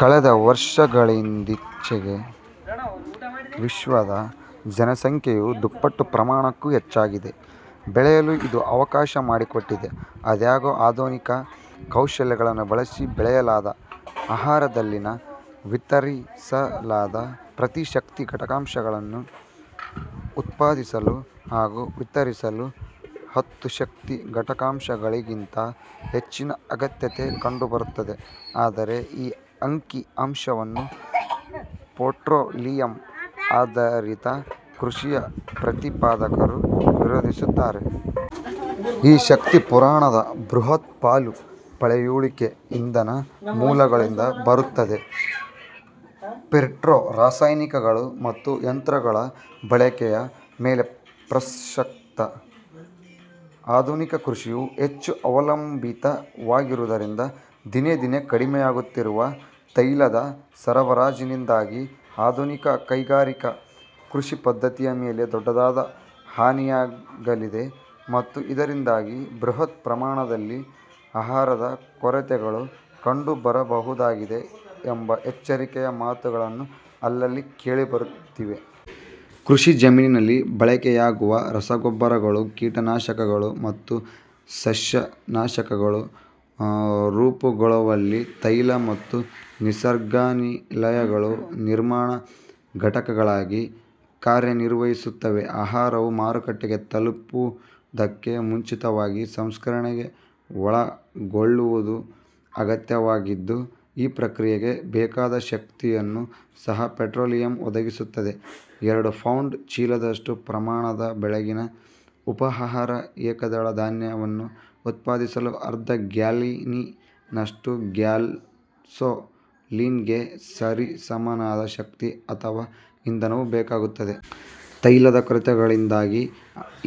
ಕಳೆದ ವರ್ಷಗಳಿಂದೀಚೆಗೆ ವಿಶ್ವದ ಜನಸಂಖ್ಯೆ ಯು ದುಪ್ಪಟ್ಟು ಪ್ರಮಾಣಕ್ಕೂ ಹೆಚ್ಚಿನದಾಗಿ ಬೆಳೆಯಲು ಇದು ಅವಕಾಶಮಾಡಿಕೊಟ್ಟಿದೆ. ಆದಾಗ್ಯೂ, ಆಧುನಿಕ ಕೌಶಲಗಳನ್ನು ಬಳಸಿ ಬೆಳೆಯಲಾದ ಆಹಾರದಲ್ಲಿನ ವಿತರಿಸಲಾದ ಪ್ರತಿ ಶಕ್ತಿ ಘಟಕಾಂಶವನ್ನು ಉತ್ಪಾದಿಸಲು ಹಾಗೂ ವಿತರಿಸಲು ಹತ್ತು ಶಕ್ತಿ ಘಟಕಾಂಶಗಳಿಗಿಂತ ಹೆಚ್ಚಿನ ಅಗತ್ಯತೆ ಕಂಡುಬರುತ್ತದೆ. ಆದರೆ ಈ ಅಂಕಿ-ಅಂಶವನ್ನು ಪೆಟ್ರೋಲಿಯಮ್ -ಆಧರಿತ ಕೃಷಿಯ ಪ್ರತಿಪಾದಕರು ವಿರೋಧಿಸುತ್ತಾರೆ. ಈ ಶಕ್ತಿ ಪೂರಣದ ಬೃಹತ್ ಪಾಲು ಪಳೆಯುಳಿಕೆ ಇಂಧನ ಮೂಲಗಳಿಂದ ಬರುತ್ತದೆ. ಪೆಟ್ರೋ-ರಾಸಾಯನಿಕಗಳು ಮತ್ತು ಯಂತ್ರಗಳ ಬಳಕೆಯ ಮೇಲೆ ಪ್ರಸಕ್ತ ಆಧುನಿಕ ಕೃಷಿಯು ಹೆಚ್ಚು ಅವಲಂಬಿತವಾಗಿರುವುದರಿಂದ, ದಿನೇ ದಿನೇ ಕಡಿಮೆಯಾಗುತ್ತಿರುವ ತೈಲದ ಸರಬರಾಜಿನಿಂದಾಗಿ ಆಧುನಿಕ ಕೈಗಾರಿಕಾ ಕೃಷಿಪದ್ಧತಿಯ ಮೇಲೆ ದೊಡ್ಡದಾದ ಹಾನಿಯಾಗಲಿದೆ, ಮತ್ತು ಇದರಿಂದಾಗಿ ಬೃಹತ್ ಪ್ರಮಾಣದಲ್ಲಿ ಆಹಾರದ ಕೊರತೆಗಳು ಕಂಡುಬರಬಹುದಾಗಿದೆ ಎಂಬ ಎಚ್ಚರಿಕೆಯ ಮಾತುಗಳು ಅಲ್ಲಲ್ಲಿ ಕೇಳಿಬರುತ್ತಿವೆ. ಕೃಷಿ ಜಮೀನಿನಲ್ಲಿ ಬಳಕೆಯಾಗುವ ರಸಗೊಬ್ಬರಗಳು, ಕೀಟನಾಶಕಗಳು ಮತ್ತು ಸಸ್ಯನಾಶಕಗಳು ರೂಪುಗೊಳ್ಳುವಲ್ಲಿ ತೈಲ ಮತ್ತು ನಿಸರ್ಗಾನಿಲಗಳು ನಿರ್ಮಾಣ ಘಟಕಗಳಾಗಿ ಕಾರ್ಯನಿರ್ವಹಿಸುತ್ತವೆ. ಆಹಾರವು ಮಾರುಕಟ್ಟೆಗೆ ತಲುಪುವುದಕ್ಕೆ ಮುಂಚಿತವಾಗಿ ಸಂಸ್ಕರಣೆಗೆ ಒಳಗೊಳ್ಳುವುದು ಅಗತ್ಯವಾಗಿದ್ದು, ಈ ಪ್ರಕ್ರಿಯೆಗೆ ಬೇಕಾದ ಶಕ್ತಿಯನ್ನೂ ಸಹ ಪೆಟ್ರೋಲಿಯಂ ಒದಗಿಸುತ್ತದೆ. ಎರಡು-ಪೌಂಡ್ ಚೀಲದಷ್ಟು ಪ್ರಮಾಣದ ಬೆಳಗಿನ ಉಪಹಾರದ ಏಕದಳ ಧಾನ್ಯವನ್ನು ಉತ್ಪಾದಿಸಲು ಅರ್ಧ-ಗ್ಯಾಲನ್ನಿನಷ್ಟು ಗ್ಯಾಸೋಲೀನ್ಗೆ ಸರಿಸಮನಾದ ಶಕ್ತಿ ಅಥವಾ ಇಂಧನವು ಬೇಕಾಗುತ್ತದೆ. ತೈಲದ ಕೊರತೆಗಳಿಂದಾಗಿ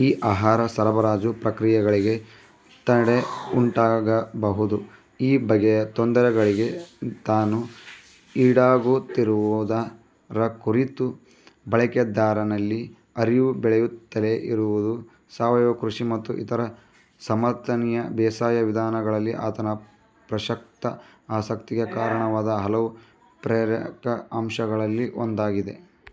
ಈ ಆಹಾರ ಸರಬರಾಜು ಪ್ರಕ್ರಿಯೆಗಳಿಗೆ ತಡೆಯುಂಟಾಗಬಹುದು. ಈ ಬಗೆಯ ತೊಂದರೆಗಳಿಗೆ ತಾನು ಈಡಾಗುತ್ತಿರುವುದರ ಕುರಿತು ಬಳಕೆದಾರನಲ್ಲಿ ಅರಿವು ಬೆಳೆಯುತ್ತಲೇ ಇರುವುದು, ಸಾವಯವ ಕೃಷಿ ಮತ್ತು ಇತರ ಸಮರ್ಥನೀಯ ಬೇಸಾಯ ವಿಧಾನಗಳಲ್ಲಿ ಆತನ ಪ್ರಸಕ್ತ ಆಸಕ್ತಿಗೆ ಕಾರಣವಾದ ಹಲವು ಪ್ರೇರಕ ಅಂಶಗಳಲ್ಲಿ ಒಂದಾಗಿದೆ.